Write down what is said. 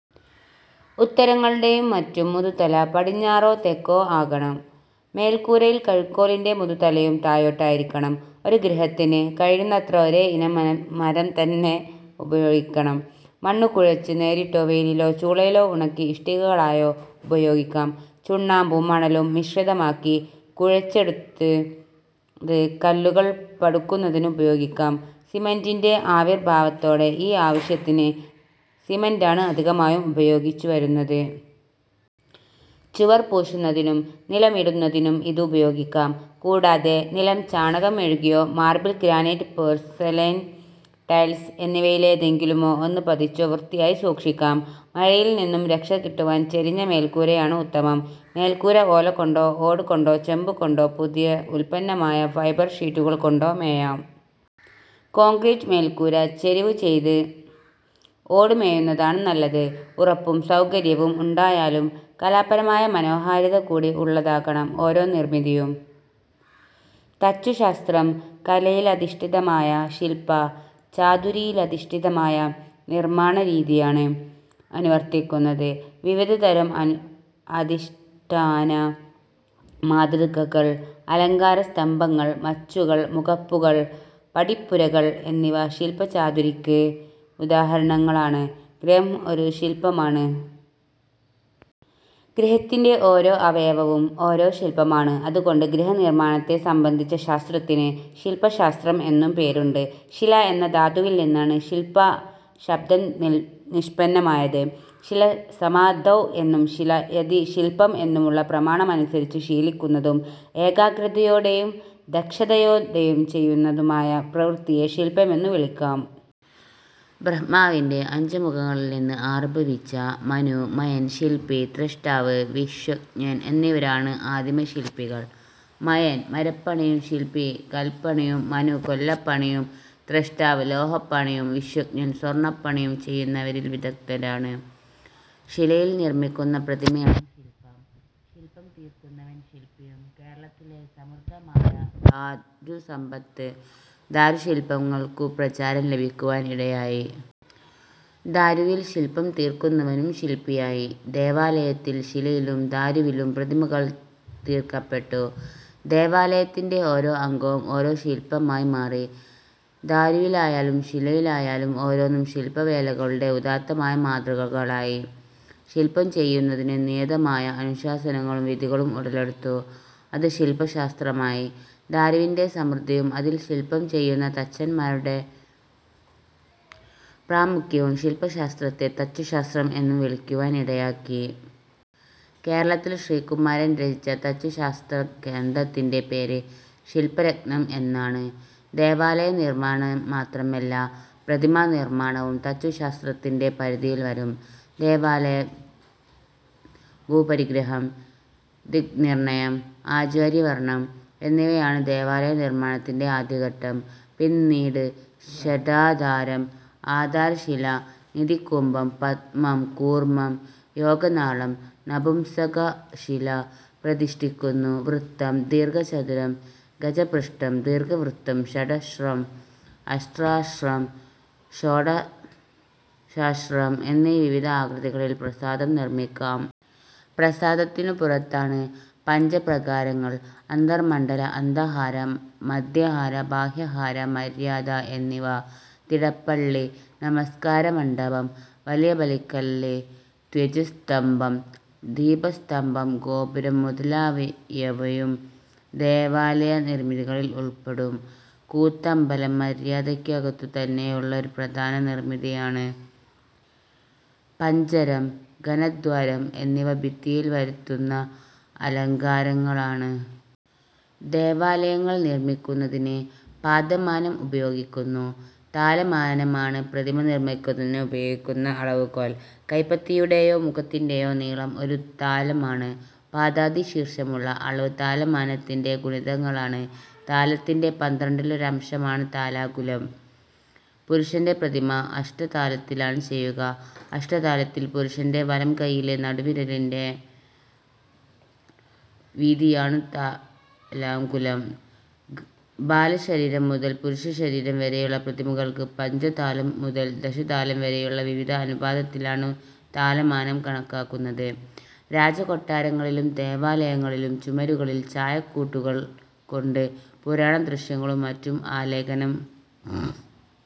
ഉത്തരങ്ങളുടേയും മറ്റും മുതുതല പടിഞ്ഞാറോ തെക്കോ ആകണം. മേൽക്കൂരയിൽ കഴുക്കോലിന്റെ മുതുതലയും താഴോട്ടായിരിക്കണം. ഒരു ഗൃഹത്തിന് കഴിയുന്നത്ര ഒരേ ഇനം മരംതന്നെ ഉപയോഗിക്കണം. മണ്ണു കുഴച്ച് നേരിട്ടോ, വെയിലിലോ ചൂളയിലോ ഉണക്കി ഇഷ്ടികകളായോ ഉപയോഗിക്കാം. ചുണ്ണാമ്പും മണലും മിശ്രിതമാക്കി കുഴച്ചെടുത്തത് കല്ലുകൾ പടുക്കുന്നതിന് ഉപയോഗിക്കാം. സിമന്റിന്റെ ആവിർഭാവത്തോടെ ഈ ആവശ്യത്തിന് സിമന്റാണ് അധികമായും ഉപയോഗിച്ചുവരുന്നത്. ചുവർ പൂശുന്നതിനും നിലമിടുന്നതിനും ഇത് ഉപയോഗിക്കാം. കൂടാതെ നിലം ചാണകം മെഴുകിയോ മാർബിൾ, ഗ്രാനൈറ്റ്, പോർസലൈൻ ടൈൽസ് എന്നിവയിലേതെങ്കിലും ഒന്ന് പതിച്ചോ വൃത്തിയായി സൂക്ഷിക്കാം. മഴയിൽനിന്നു രക്ഷ കിട്ടുവാൻ ചരിഞ്ഞ മേൽക്കൂരയാണ് ഉത്തമം. മേൽക്കൂര ഓലകൊണ്ടോ ഓടുകൊണ്ടോ ചെമ്പുകൊണ്ടോ പുതിയ ഉത്പന്നമായ ഫൈബർ ഷീറ്റുകൾ കൊണ്ടോ മേയാം. കോൺക്രീറ്റ് മേൽക്കൂര ചരിവു ചെയ്ത് ഓടു മേയുന്നതാണ് നല്ലത്. ഉറപ്പും സൗകര്യവും ഉണ്ടായാലും കലാപരമായ മനോഹാരിതകൂടി ഉള്ളതാകണം ഓരോ നിർമിതിയും. തച്ചുശാസ്ത്രം കലയിലധിഷ്ഠിതമായ ശില്പ ചാതുരിയിലധിഷ്ഠിതമായ-നിർമ്മാണരീതിയാണ് അനുവർത്തിക്കുന്നത്. വിവിധതരം അധിഷ്ഠാന മാതൃകകൾ, അലങ്കാര സ്തംഭങ്ങൾ, മച്ചുകൾ, മുഖപ്പുകൾ, പടിപ്പുരകൾ എന്നിവ ശില്പ ചാതുരിക്ക് ഉദാഹരണങ്ങളാണ്. ഗൃഹം ഒരു ശില്പമാണ്. ഗൃഹത്തിന്റെ ഓരോ അവയവവും ഓരോരോ ശില്പമാണ്. അതുകൊണ്ട് ഗൃഹനിർമ്മാണത്തെ സംബന്ധിച്ച ശാസ്ത്രത്തിന് ശില്പശാസ്ത്രം എന്നും പേരുണ്ട്. ശില എന്ന ധാതുവിൽ നിന്നാണ് ശില്പ ശബ്ദം നിഷ്പന്നമായത്. ശില സമാധൗ എന്നും ശീലയതി ശില്പം എന്നുമുള്ള പ്രമാണമനുസരിച്ച് ശീലിക്കുന്നതും ഏകാഗ്രതയോടെയും ദക്ഷതയോടെയും ചെയ്യുന്നതുമായ പ്രവൃത്തിയെ ശില്പമെന്നു വിളിക്കാം. ബ്രഹ്മാവിന്റെ അഞ്ച് മുഖങ്ങളിൽ നിന്ന് ആവിർഭവിച്ച മനു, മയൻ, ശില്പി, ത്വഷ്ടാവ്, വിശ്വജ്ഞൻ എന്നിവരാണ് ആദിമശില്പികൾ. മയൻ മരപ്പണിയും ശില്പി കല്പണിയും മനു കൊല്ലപ്പണിയും ത്വഷ്ടാവ് ലോഹപ്പണിയും വിശ്വജ്ഞൻ സ്വർണപ്പണിയും ചെയ്യുന്നവരിൽ വിദഗ്ദ്ധരാണ്. ശിലയിൽ നിർമ്മിക്കുന്ന പ്രതിമയാണ് ശില്പം. ശില്പം തീർക്കുന്നവൻ ശില്പിയും. കേരളത്തിലെ സമൃദ്ധമായ ദാരുസമ്പത്ത് ദാരുശില്പങ്ങൾക്കു പ്രചാരം ലഭിക്കുവാൻ ഇടയാക്കി. ദാരുവിൽ ശില്പം തീർക്കുന്നവനും ശില്പിയായി. ദേവാലയത്തിൽ ശിലയിലും ദാരുവിലും പ്രതിമകൾ തീർക്കപ്പെട്ടു. ദേവാലയത്തിന്റെ ഓരോ അംഗവും ഓരോ ശില്പമായി മാറി. ദാരുവിലായാലും ശിലയിലായാലും ഓരോന്നും ശില്പ വേലകളുടെ ഉദാത്തമായ മാതൃകകളായി. ശില്പം ചെയ്യുന്നതിന് നിയതമായ അനുശാസനകളും വിധികളും ഉടലെടുത്തു. അത് ശില്പശാസ്ത്രമായി. ദാരുവിന്റെ സമൃദ്ധിയും അതിൽ ശില്പം ചെയ്യുന്ന തച്ചന്മാരുടെ പ്രാമുഖ്യവും ശില്പശാസ്ത്രത്തെ തച്ചുശാസ്ത്രം എന്നും വിളിക്കുവാൻ ഇടയാക്കി. കേരളത്തിൽ ശ്രീകുമാരൻ രചിച്ച തച്ചുശാസ്ത്രഗ്രന്ഥത്തിന്റെ പേര് ശില്പരത്നം എന്നാണ്. ദേവാലയ നിർമ്മാണം മാത്രമല്ല, പ്രതിമാ നിർമ്മാണവും തച്ചുശാസ്ത്രത്തിന്റെ പരിധിയിൽ വരും. ദേവാലയം. ഭൂപരിഗ്രഹം, ദിക്നിർണയം, ആചാര്യവരണം എന്നിവയാണ് ദേവാലയ നിർമ്മാണത്തിന്റെ ആദ്യഘട്ടം. പിന്നീട് ഷഡാധാരം ആധാരശില, നിധികുംഭം, പദ്മം, കൂർമം, യോഗനാളം, നപുംസകശില പ്രതിഷ്ഠിക്കുന്നു. വൃത്തം, ദീർഘചതുരം, ഗജപൃഷ്ഠം, ദീർഘവൃത്തം, ഷഡശ്രം, അഷ്ടാശ്രം, ഷോഡശാശ്രം എന്നീ വിവിധ ആകൃതികളിൽ പ്രാസാദം നിർമ്മിക്കാം. പ്രാസാദത്തിനു പുറത്താണ് പഞ്ചപ്രാകാരങ്ങൾ അന്തർമണ്ഡലം, അന്തഹാര, മധ്യഹാര, ബാഹ്യഹാര, മര്യാദ എന്നിവ. തിടപ്പള്ളി, നമസ്കാരമണ്ഡപം, വലിയ ബലിക്കല്ല്, ധ്വജസ് തംഭം, ദീപസ്തംഭം, ഗോപുരം മുതലായവയും ദേവാലയ നിർമിതിയിൽ ഉൾപ്പെടും. കൂത്തമ്പലം മര്യാദയ്ക്കകത്തു തന്നെയുള്ള ഒരു പ്രധാന നിർമിതിയാണ്. പഞ്ജരം, ഘനദ്വാരം എന്നിവ ഭിത്തിയിൽ വരുത്തുന്ന അലങ്കാരങ്ങളാണ്. ദേവാലയങ്ങൾ നിർമ്മിക്കുന്നതിന് പാദമാനം ഉപയോഗിക്കുന്നു. താലമാനമാണ് പ്രതിമ നിർമ്മിക്കുന്നതിനുപയോഗിക്കുന്ന അളവുകോൽ. കൈപ്പത്തിയുടേയോ മുഖത്തിന്റേയോ നീളം ഒരു താലമാണ്. പാദാദി ശീർഷമുള്ള അളവ് താലമാനത്തിന്റെ ഗുണിതങ്ങളാണ്. താലത്തിന്റെ പന്ത്രണ്ടിലൊരംശമാണ് താലാംഗുലം. പുരുഷന്റെ പ്രതിമ അഷ്ടതാലത്തിലാണ് ചെയ്യുക. അഷ്ടതാലത്തിൽ പുരുഷന്റെ വലംകൈയിലെ നടുവിരലിന്റെ വീതിയാണ് താലാംഗുലം. ബാലശരീരം മുതൽ പുരുഷശരീരം വരെയുള്ള പ്രതിമകൾക്ക് പഞ്ചതാലം മുതൽ ദശതാലം വരെയുള്ള വിവിധ അനുപാതത്തിലാണ് താലമാനം കണക്കാക്കുന്നത്. രാജകൊട്ടാരങ്ങളിലും ദേവാലയങ്ങളിലും ചുമരുകളിൽ ചായക്കൂട്ടുകൾ കൊണ്ട് പുരാണദൃശ്യങ്ങളും മറ്റും ആലേഖനം